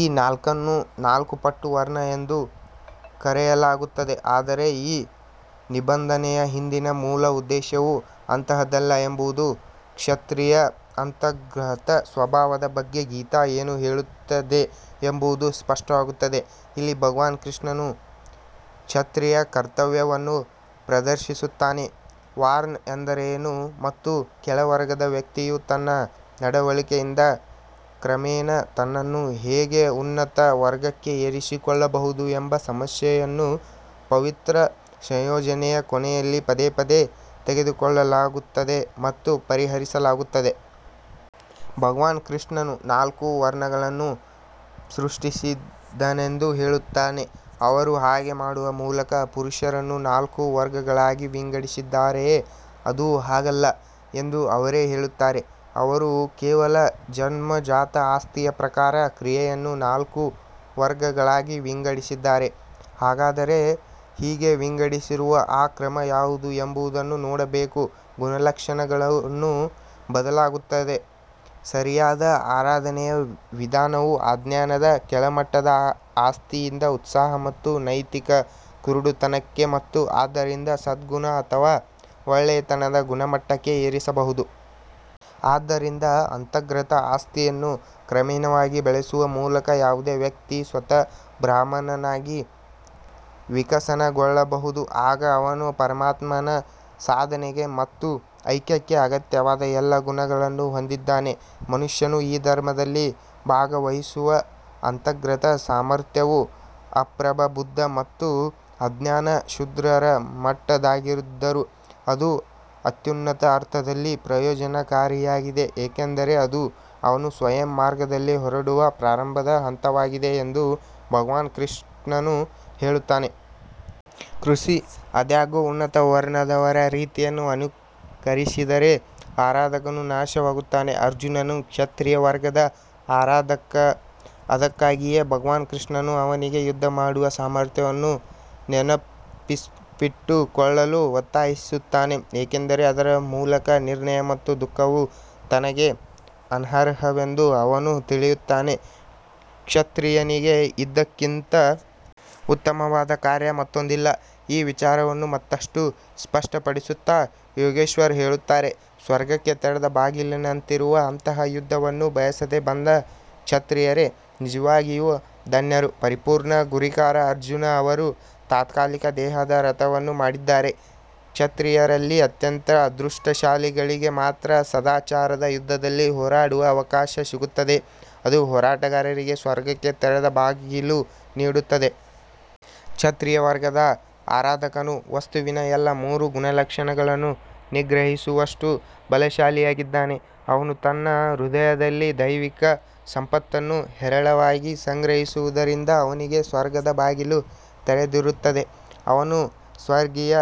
ಈ ನಾಲ್ಕನ್ನು ನಾಲ್ಕು ಪಟ್ಟು ವರ್ಣ ಎಂದು ಕರೆಯಲಾಗುತ್ತದೆ ಆದರೆ ಈ ನಿಬಂಧನೆಯ ಹಿಂದಿನ ಮೂಲ ಉದ್ದೇಶವು ಅಂತಹದ್ದಲ್ಲ ಎಂಬುದು ಕ್ಷತ್ರಿಯ ಅಂತರ್ಗತ ಸ್ವಭಾವದ ಬಗ್ಗೆ ಗೀತಾ ಏನು ಹೇಳುತ್ತದೆ ಎಂಬುದು ಸ್ಪಷ್ಟವಾಗುತ್ತದೆ. ಇಲ್ಲಿ ಭಗವಾನ್ ಕೃಷ್ಣನು ಕ್ಷತ್ರಿಯ ಕರ್ತವ್ಯವನ್ನು ಪ್ರದರ್ಶಿಸುತ್ತಾನೆ ವಾರ್ನ್ ಎಂದರೇನು ಮತ್ತು ಕೆಳವರ್ಗದ ವ್ಯಕ್ತಿಯು ತನ್ನ ನಡವಳಿಕೆಯಿಂದ ಕ್ರಮೇಣ ತನ್ನನ್ನು ಹೇಗೆ ಉನ್ನತ ವರ್ಗಕ್ಕೆ ಏರಿಸಿಕೊಳ್ಳಬಹುದು ಎಂಬ ಸಮಸ್ಯೆಯನ್ನು ಪವಿತ್ರ ಸಂಯೋಜನೆಯ ಕೊನೆಯಲ್ಲಿ ಪದೇ ಪದೇ ತೆಗೆದುಕೊಳ್ಳಲಾಗುತ್ತದೆ ಮತ್ತು ಪರಿಹರಿಸಲಾಗುತ್ತದೆ. ಭಗವಾನ್ ಕೃಷ್ಣನು ನಾಲ್ಕು ವರ್ಣಗಳನ್ನು ಸೃಷ್ಟಿಸಿದನೆಂದು ಹೇಳುತ್ತಾನೆ ಅವರು ಹಾಗೆ ಮಾಡುವ ಮೂಲಕ ಪುರುಷರನ್ನು ನಾಲ್ಕು ವರ್ಗಗಳಾಗಿ ವಿಂಗಡಿಸಿದ್ದಾರೆಯೇ? ಅದು ಹಾಗಲ್ಲ ಎಂದು ಅವರೇ ಹೇಳುತ್ತಾರೆ, ಅವರು ಕೇವಲ ಜನ್ಮಜಾತ ಆಸ್ತಿಯ ಪ್ರಕಾರ ಕ್ರಿಯೆಯನ್ನು ನಾಲ್ಕು ವರ್ಗಗಳಾಗಿ ವಿಂಗಡಿಸಿದ್ದಾರೆ ಹಾಗಾದರೆ ಹೀಗೆ ವಿಂಗಡಿಸಿರುವ ಆ ಕ್ರಮ ಯಾವುದು ಎಂಬುದನ್ನು ನೋಡಬೇಕು ಗುಣಲಕ್ಷಣಗಳು ಬದಲಾಗುತ್ತವೆ ಸರಿಯಾದ ಆರಾಧನೆಯ ವಿಧಾನವು ಅಜ್ಞಾನದ ಕೆಳಮಟ್ಟದ ಆಸ್ತಿಯಿಂದ ಉತ್ಸಾಹ ಮತ್ತು ನೈತಿಕ ಕುರುಡುತನಕ್ಕೆ ಮತ್ತು ಆದ್ದರಿಂದ ಸದ್ಗುಣ ಅಥವಾ ಒಳ್ಳೆಯತನದ ಗುಣಮಟ್ಟಕ್ಕೆ ಏರಿಸಬಹುದು. ಆದ್ದರಿಂದ ಅಂತರ್ಗತ ಆಸ್ತಿಯನ್ನು ಕ್ರಮೇಣವಾಗಿ ಬೆಳೆಸುವ ಮೂಲಕ ಯಾವುದೇ ವ್ಯಕ್ತಿ ಸ್ವತಃ ಬ್ರಾಹ್ಮಣನಾಗಿ ವಿಕಸನಗೊಳ್ಳಬಹುದು ಆಗ ಅವನು ಪರಮಾತ್ಮನ ಸಾಧನೆಗೆ ಮತ್ತು ಐಕ್ಯಕ್ಕೆ ಅಗತ್ಯವಾದ ಎಲ್ಲಾ ಗುಣಗಳನ್ನು ಹೊಂದಿದ್ದಾನೆ ಮನುಷ್ಯನು ಈ ಧರ್ಮದಲ್ಲಿ ಭಾಗವಹಿಸುವ ಅಂತರ್ಗತ ಸಾಮರ್ಥ್ಯವು ಅಪ್ರಬುದ್ಧ ಮತ್ತು ಅಜ್ಞಾನ ಶೂದ್ರರ ಮಟ್ಟದ್ದಾಗಿದ್ದರೂ ಅದು ಅತ್ಯುನ್ನತ ಅರ್ಥದಲ್ಲಿ ಪ್ರಯೋಜನಕಾರಿಯಾಗಿದೆ ಏಕೆಂದರೆ ಅದು ಅವನು ಸ್ವಯಂ ಮಾರ್ಗದಲ್ಲಿ ಹೊರಡುವ ಪ್ರಾರಂಭದ ಹಂತವಾಗಿದೆ ಎಂದು ಭಗವಾನ್ ಶ್ರೀಕೃಷ್ಣನು ಹೇಳುತ್ತಾನೆ. ಕೃಷಿ ಆದಾಗ್ಯೂ ಉನ್ನತ ವರ್ಗದವರ ರೀತಿಯನ್ನು ಅನುಕರಿಸಿದರೆ ಆರಾಧಕನು ನಾಶವಾಗುತ್ತಾನೆ ಅರ್ಜುನನು ಕ್ಷತ್ರಿಯ ವರ್ಗದ ಆರಾಧಕ ಅದಕ್ಕಾಗಿಯೇ ಭಗವಾನ್ ಕೃಷ್ಣನು ಅವನಿಗೆ ಯುದ್ಧ ಮಾಡುವ ಸಾಮರ್ಥ್ಯವನ್ನು ನೆನಪಿಟ್ಟುಕೊಳ್ಳಲು ಒತ್ತಾಯಿಸುತ್ತಾನೆ ಏಕೆಂದರೆ ಅದರ ಮೂಲಕ ನಿರ್ಣಯ ಮತ್ತು ದುಃಖವು ತನಗೆ ಅನರ್ಹವೆಂದು ಅವನು ತಿಳಿಯುತ್ತಾನೆ. ಕ್ಷತ್ರಿಯನಿಗೆ ಇದಕ್ಕಿಂತ ಉತ್ತಮವಾದ ಕಾರ್ಯ ಮತ್ತೊಂದಿಲ್ಲ ಈ ವಿಚಾರವನ್ನು ಮತ್ತಷ್ಟು ಸ್ಪಷ್ಟಪಡಿಸುತ್ತಾ ಯೋಗೇಶ್ವರ್ ಹೇಳುತ್ತಾರೆ ಸ್ವರ್ಗಕ್ಕೆ ತೆರೆದ ಬಾಗಿಲಿನಂತಿರುವ ಅಂತಹ ಯುದ್ಧವನ್ನು ಬಯಸದೆ ಬಂದ ಕ್ಷತ್ರಿಯರೇ ನಿಜವಾಗಿಯೂ ಧನ್ಯರು ಪರಿಪೂರ್ಣ ಗುರಿಕಾರ ಅರ್ಜುನ್ ಅವರು ತಾತ್ಕಾಲಿಕ ದೇಹದ ರಥವನ್ನು ಮಾಡಿದ್ದಾರೆ ಕ್ಷತ್ರಿಯರಲ್ಲಿ ಅತ್ಯಂತ ಅದೃಷ್ಟಶಾಲಿಗಳಿಗೆ ಮಾತ್ರ ಸದಾಚಾರದ ಯುದ್ಧದಲ್ಲಿ ಹೋರಾಡುವ ಅವಕಾಶ ಸಿಗುತ್ತದೆ, ಅದು ಹೋರಾಟಗಾರರಿಗೆ ಸ್ವರ್ಗಕ್ಕೆ ತೆರೆದ ಹೆಬ್ಬಾಗಿಲು ನೀಡುತ್ತದೆ. ಕ್ಷತ್ರಿಯ ವರ್ಗದ ಆರಾಧಕನು ವಸ್ತುವಿನ ಎಲ್ಲಾ ಮೂರು ಗುಣಲಕ್ಷಣಗಳನ್ನು ನಿಗ್ರಹಿಸುವಷ್ಟು ಬಲಶಾಲಿಯಾಗಿದ್ದಾನೆ ಅವನು ತನ್ನ ಹೃದಯದಲ್ಲಿ ದೈವಿಕ ಸಂಪತ್ತನ್ನು ಹೇರಳವಾಗಿ ಸಂಗ್ರಹಿಸಿರುವುದರಿಂದ ಅವನಿಗೆ ಸ್ವರ್ಗದ ಬಾಗಿಲು ತೆರೆದಿರುತ್ತದೆ ಅವನು ಸ್ವರ್ಗೀಯ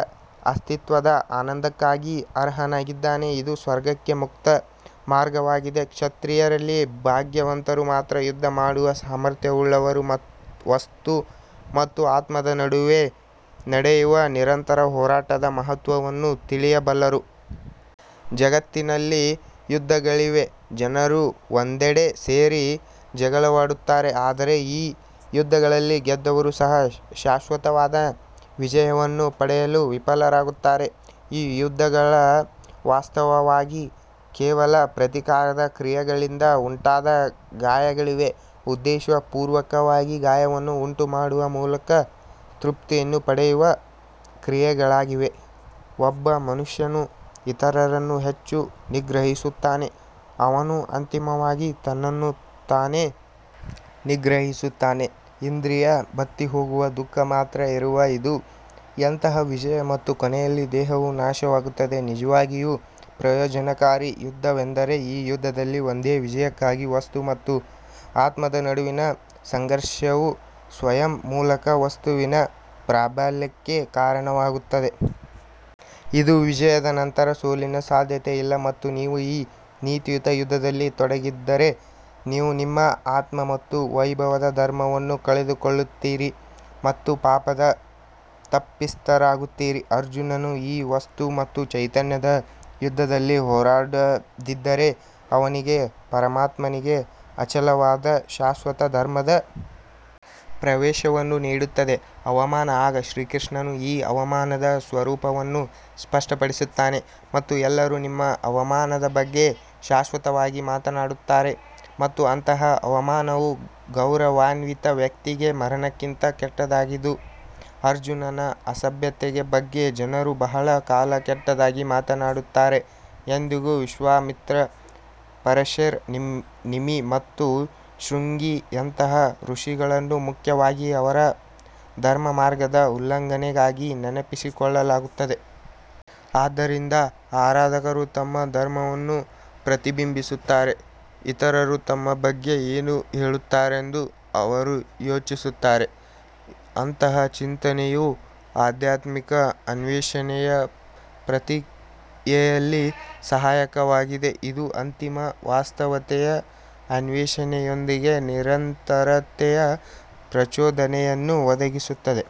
ಅಸ್ತಿತ್ವದ ಆನಂದಕ್ಕಾಗಿ ಅರ್ಹನಾಗಿದ್ದಾನೆ ಇದು ಸ್ವರ್ಗಕ್ಕೆ ಮುಕ್ತ ಮಾರ್ಗವಾಗಿದೆ ಕ್ಷತ್ರಿಯರಲ್ಲಿ ಭಾಗ್ಯವಂತರು ಮಾತ್ರ ಯುದ್ಧ ಮಾಡುವ ಸಾಮರ್ಥ್ಯವುಳ್ಳವರು ವಸ್ತು ಮತ್ತು ಆತ್ಮದ ನಡುವೆ ನಡೆಯುವ ನಿರಂತರ ಹೋರಾಟದ ಮಹತ್ವವನ್ನು ತಿಳಿಯಬಲ್ಲರು. ಜಗತ್ತಿನಲ್ಲಿ ಯುದ್ಧಗಳಿವೆ ಜನರು ಒಂದೆಡೆ ಸೇರಿ ಜಗಳವಾಡುತ್ತಾರೆ ಆದರೆ ಈ ಯುದ್ಧಗಳಲ್ಲಿ ಗೆದ್ದವರು ಸಹ ಶಾಶ್ವತವಾದ ವಿಜಯವನ್ನು ಪಡೆಯಲು ವಿಫಲರಾಗುತ್ತಾರೆ ಈ ಯುದ್ಧಗಳು ವಾಸ್ತವವಾಗಿ ಕೇವಲ ಪ್ರತೀಕಾರದ ಕ್ರಿಯೆಗಳಿಂದ ಉಂಟಾದ ಗಾಯಗಳಿಗೆ ಉದ್ದೇಶಪೂರ್ವಕವಾಗಿ ಗಾಯವನ್ನು ಉಂಟುಮಾಡುವ ಮೂಲಕ ತೃಪ್ತಿಯನ್ನು ಪಡೆಯುವ ಕ್ರಿಯೆಗಳಾಗಿವೆ. ಒಬ್ಬ ಮನುಷ್ಯನು ಇತರರನ್ನು ಹೆಚ್ಚು ನಿಗ್ರಹಿಸುತ್ತಾನೆ, ಅವನು ಅಂತಿಮವಾಗಿ ತನ್ನನ್ನು ತಾನೇ ನಿಗ್ರಹಿಸುತ್ತಾನೆ ಇಂದ್ರಿಯ ಬತ್ತಿಹೋಗುವ ದುಃಖ ಮಾತ್ರ ಇರುವ ಇದು ಎಂತಹ ವಿಜಯ ಮತ್ತು ಕೊನೆಯಲ್ಲಿ ದೇಹವೂ ನಾಶವಾಗುತ್ತದೆ ನಿಜವಾಗಿಯೂ ಪ್ರಯೋಜನಕಾರಿ ಯುದ್ಧವೆಂದರೆ ಈ ಯುದ್ಧದಲ್ಲಿ ಒಂದೇ ವಿಜಯಕ್ಕಾಗಿ ವಸ್ತು ಮತ್ತು ಆತ್ಮದ ನಡುವಿನ ಸಂಘರ್ಷವು ಸ್ವಯಂ ಮೂಲಕ ವಸ್ತುವಿನ ಪ್ರಾಬಲ್ಯಕ್ಕೆ ಕಾರಣವಾಗುತ್ತದೆ. ಇದು ವಿಜಯದ ನಂತರ ಸೋಲಿನ ಸಾಧ್ಯತೆಯಿಲ್ಲ ಮತ್ತು ನೀವು ಈ ನೀತಿಯುತ ಯುದ್ಧದಲ್ಲಿ ತೊಡಗದಿದ್ದರೆ ನೀವು ನಿಮ್ಮ ಆತ್ಮ ಮತ್ತು ವೈಭವದ ಧರ್ಮವನ್ನು ಕಳೆದುಕೊಳ್ಳುತ್ತೀರಿ ಮತ್ತು ಪಾಪದ ತಪ್ಪಿತಸ್ಥರಾಗುತ್ತೀರಿ. ಅರ್ಜುನನು ಈ ವಸ್ತು ಮತ್ತು ಚೈತನ್ಯದ ಯುದ್ಧದಲ್ಲಿ ಹೋರಾಡದಿದ್ದರೆ, ಅವನಿಗೆ ಪರಮಾತ್ಮನಿಗೆ ಅಚಲವಾದ ಶಾಶ್ವತ ಧರ್ಮದ ಪ್ರವೇಶವನ್ನು ನೀಡುತ್ತದೆ ಅವಮಾನ ಆಗ ಶ್ರೀಕೃಷ್ಣನು ಈ ಅವಮಾನದ ಸ್ವರೂಪವನ್ನು ಸ್ಪಷ್ಟಪಡಿಸುತ್ತಾನೆ ಮತ್ತು ಎಲ್ಲರೂ ನಿಮ್ಮ ಅವಮಾನದ ಬಗ್ಗೆ ಶಾಶ್ವತವಾಗಿ ಮಾತನಾಡುತ್ತಾರೆ ಮತ್ತು ಅಂತಹ ಅವಮಾನವು ಗೌರವಾನ್ವಿತ ವ್ಯಕ್ತಿಗೆ ಮರಣಕ್ಕಿಂತ ಕೆಟ್ಟದಾಗಿದೆ ಅರ್ಜುನನ ಅಸಭ್ಯತೆಯ ಬಗ್ಗೆ ಜನರು ಬಹಳ ಕಾಲ ಕೆಟ್ಟದಾಗಿ ಮಾತನಾಡುತ್ತಾರೆ ಇಂದಿಗೂ ವಿಶ್ವಾಮಿತ್ರ ಪರಶೇರ್ ನಿಮಿ ಮತ್ತು ಶೃಂಗಿಯಂತಹ ಋಷಿಗಳನ್ನು ಮುಖ್ಯವಾಗಿ ಅವರ ಧರ್ಮಮಾರ್ಗದ ಉಲ್ಲಂಘನೆಗಾಗಿ ನೆನಪಿಸಿಕೊಳ್ಳಲಾಗುತ್ತದೆ. ಆದ್ದರಿಂದ ಆರಾಧಕರು ತಮ್ಮ ಧರ್ಮವನ್ನು ಪ್ರತಿಬಿಂಬಿಸುತ್ತಾರೆ ಇತರರು ತಮ್ಮ ಬಗ್ಗೆ ಏನು ಹೇಳುತ್ತಾರೆಂದು ಅವರು ಯೋಚಿಸುತ್ತಾರೆ ಅಂತಹ ಚಿಂತನೆಯು ಆಧ್ಯಾತ್ಮಿಕ ಅನ್ವೇಷಣೆಯ ಪ್ರಕ್ರಿಯೆಯಲ್ಲಿ ಸಹಾಯಕವಾಗಿದೆ ಇದು ಅಂತಿಮ ವಾಸ್ತವತೆಯ ಅನ್ವೇಷಣೆಯೊಂದಿಗೆ ನಿರಂತರತೆಯ ಪ್ರಚೋದನೆಯನ್ನು ಒದಗಿಸುತ್ತದೆ.